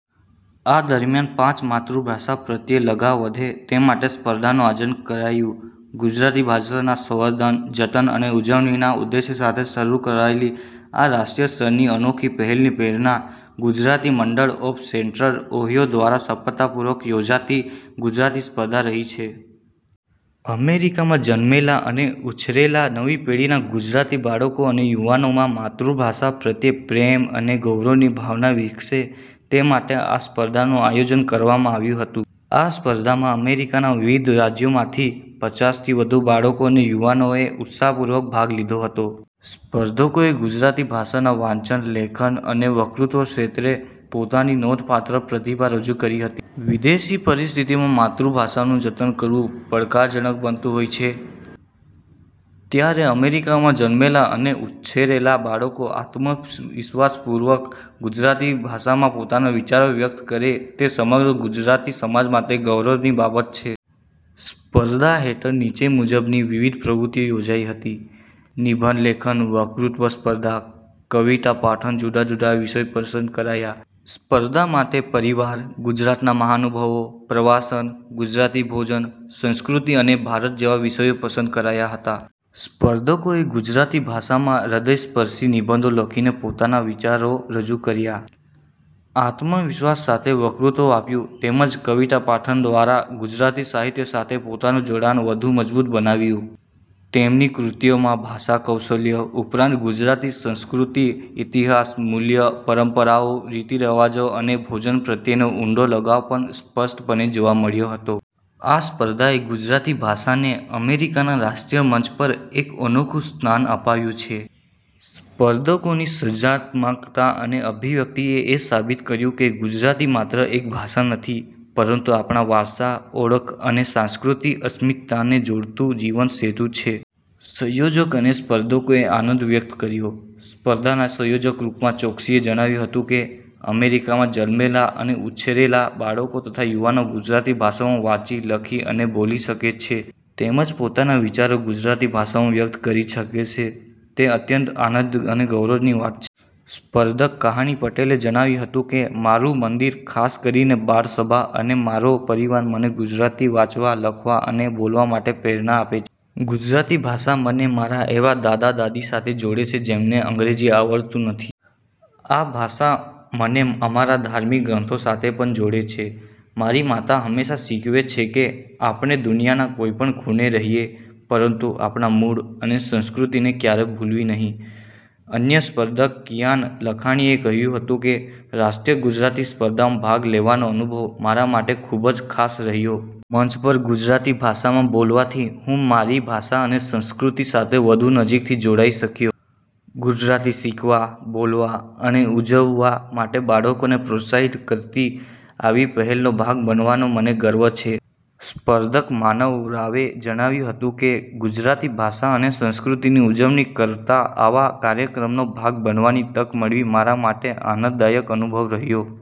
આ દરમિયાન પાંચ માતૃભાષા પ્રત્યે લગાવ વધે તે માટે સ્પર્ધાનું આયોજન કરાયું ગુજરાતી ભાષાના સંવર્ધન, જતન અને ઉજવણીના ઉદ્દેશ સાથે શરૂ કરાયેલી આ રાષ્ટ્રીય સ્તરની અનોખી પહેલની પ્રેરણા ગુજરાતી મંડળ ઓફ સેન્ટ્રલ ઓહીયો દ્વારા સફળતાપૂર્વક યોજાતી ગુજરાતી સ્પર્ધા રહી છે. અમેરિકામાં જન્મેલા અને ઉછરેલા નવી પેઢીના ગુજરાતી બાળકો અને યુવાનોમાં માતૃભાષા પ્રત્યે પ્રેમ અને ગૌરવની ભાવના વિકસે તે માટે આ સ્પર્ધાનું આયોજન કરવામાં આવ્યું હતું. આ સ્પર્ધામાં અમેરિકાના વિવિધ રાજ્યોમાંથી પચાસ થી વધુ બાળકો અને યુવાનોએ ઉત્સાહપૂર્વક ભાગ લીધો હતો. સ્પર્ધકોએ ગુજરાતી ભાષાના વાંચન, લેખન અને વક્તૃત્વ ક્ષેત્રે પોતાની નોંધપાત્ર પ્રતિભા રજૂ કરી હતી. વિદેશી પરિસ્થિતિમાં માતૃભાષાનું જતન કરવું પડકારજનક બનતું હોય છે ત્યારે અમેરિકામાં જન્મેલા અને ઉછરેલા બાળકો આત્મવિશ્વાસપૂર્વક ગુજરાતી ભાષામાં પોતાના વિચારો વ્યક્ત કરે તે સમગ્ર ગુજરાતી સમાજ માટે ગૌરવની બાબત છે. સ્પર્ધા હેઠળ નીચે મુજબની વિવિધ પ્રવૃત્તિઓ યોજાઇ હતી નિબંધ લેખન વક્તૃત્વ સ્પર્ધા કવિતા પાઠન જુદા-જુદા વિષયો પસંદ કરાયા સ્પર્ધા માટે પરિવાર, ગુજરાતના મહાનુભાવો, પ્રવાસન, ગુજરાતી ભોજન, સંસ્કૃતિ અને ભારત જેવા વિષયો પસંદ કરાયા હતા. સ્પર્ધકોએ ગુજરાતી ભાષામાં હૃદયસ્પર્શી નિબંધો લખીને પોતાના વિચારો રજૂ કર્યા. આત્મવિશ્વાસ સાથે વક્તૃત્વ આપ્યું તેમજ કવિતા પાઠન દ્વારા ગુજરાતી સાહિત્ય સાથે પોતાનું જોડાણ વધુ મજબૂત બનાવ્યું. તેમની કૃતિઓમાં ભાષાકૌશલ્ય ઉપરાંત ગુજરાતી સંસ્કૃતિ, ઇતિહાસ, મૂલ્યો, પરંપરાઓ, રીત-રિવાજો અને ભોજન પ્રત્યેનો ઊંડો લગાવ પણ સ્પષ્ટપણે જોવા મળ્યો હતો. આ સ્પર્ધાએ ગુજરાતી ભાષાને અમેરિકાના રાષ્ટ્રીય મંચ પર એક અનોખું સ્થાન અપાવ્યું છે. સ્પર્ધકોની સર્જનાત્મકતા અને અભિવ્યક્તિએ એ સાબિત કર્યું કે ગુજરાતી માત્ર એક ભાષા નથી પરંતુ આપણા વારસા, ઓળખ અને સાંસ્કૃતિક અસ્મિતાને જોડતો જીવંત સેતુ છે. સંયોજક અને સ્પર્ધકોએ આનંદ વ્યક્ત કર્યો સ્પર્ધાના સંયોજક રૂપમ ચોક્સીએ જણાવ્યું હતું કે, અમેરિકામાં જન્મેલા અને ઉછરેલા બાળકો તથા યુવાનો ગુજરાતી ભાષામાં વાંચી, લખી અને બોલી શકે છે તેમજ પોતાના વિચારો ગુજરાતી ભાષામાં વ્યક્ત કરી શકે છે, તે અત્યંત આનંદ અને ગૌરવની વાત છે. સ્પર્ધક કહાની પટેલે જણાવ્યું હતું કે, મારું મંદિર, ખાસ કરીને બાળસભા અને મારો પરિવાર મને ગુજરાતી વાંચવા, લખવા અને બોલવા માટે પ્રેરણા આપે છે. ગુજરાતી ભાષા મને મારા એવા દાદા-દાદી સાથે જોડે છે જેમને અંગ્રેજી આવડતી નથી. આ ભાષા મને અમારા ધાર્મિક ગ્રંથો સાથે પણ જોડે છે. મારી માતા હંમેશાં શીખવે છે કે આપણે દુનિયાના કોઈપણ ખૂણે રહીએ, પરંતુ આપણા મૂળ અને સંસ્કૃતિને ક્યારેય ભૂલવી નહીં. અન્ય સ્પર્ધક કિયાન લાખાણીએ કહ્યું હતું કે, રાષ્ટ્રીય ગુજરાતી સ્પર્ધામાં ભાગ લેવાનો અનુભવ મારા માટે ખૂબ જ ખાસ રહ્યો. મંચ પર ગુજરાતી ભાષામાં બોલવાથી હું મારી ભાષા અને સંસ્કૃતિ સાથે વધુ નજીકથી જોડાઈ શક્યો. ગુજરાતી શીખવા, બોલવા અને ઉજવવા માટે બાળકોને પ્રોત્સાહિત કરતી આવી પહેલનો ભાગ બનવાનો મને ગર્વ છે. સ્પર્ધક માનવ રાવે જણાવ્યું હતું કે, ગુજરાતી ભાષા અને સંસ્કૃતિની ઉજવણી કરતા આવા કાર્યક્રમનો ભાગ બનવાની તક મળવી મારા માટે આનંદદાયક અનુભવ રહ્યો.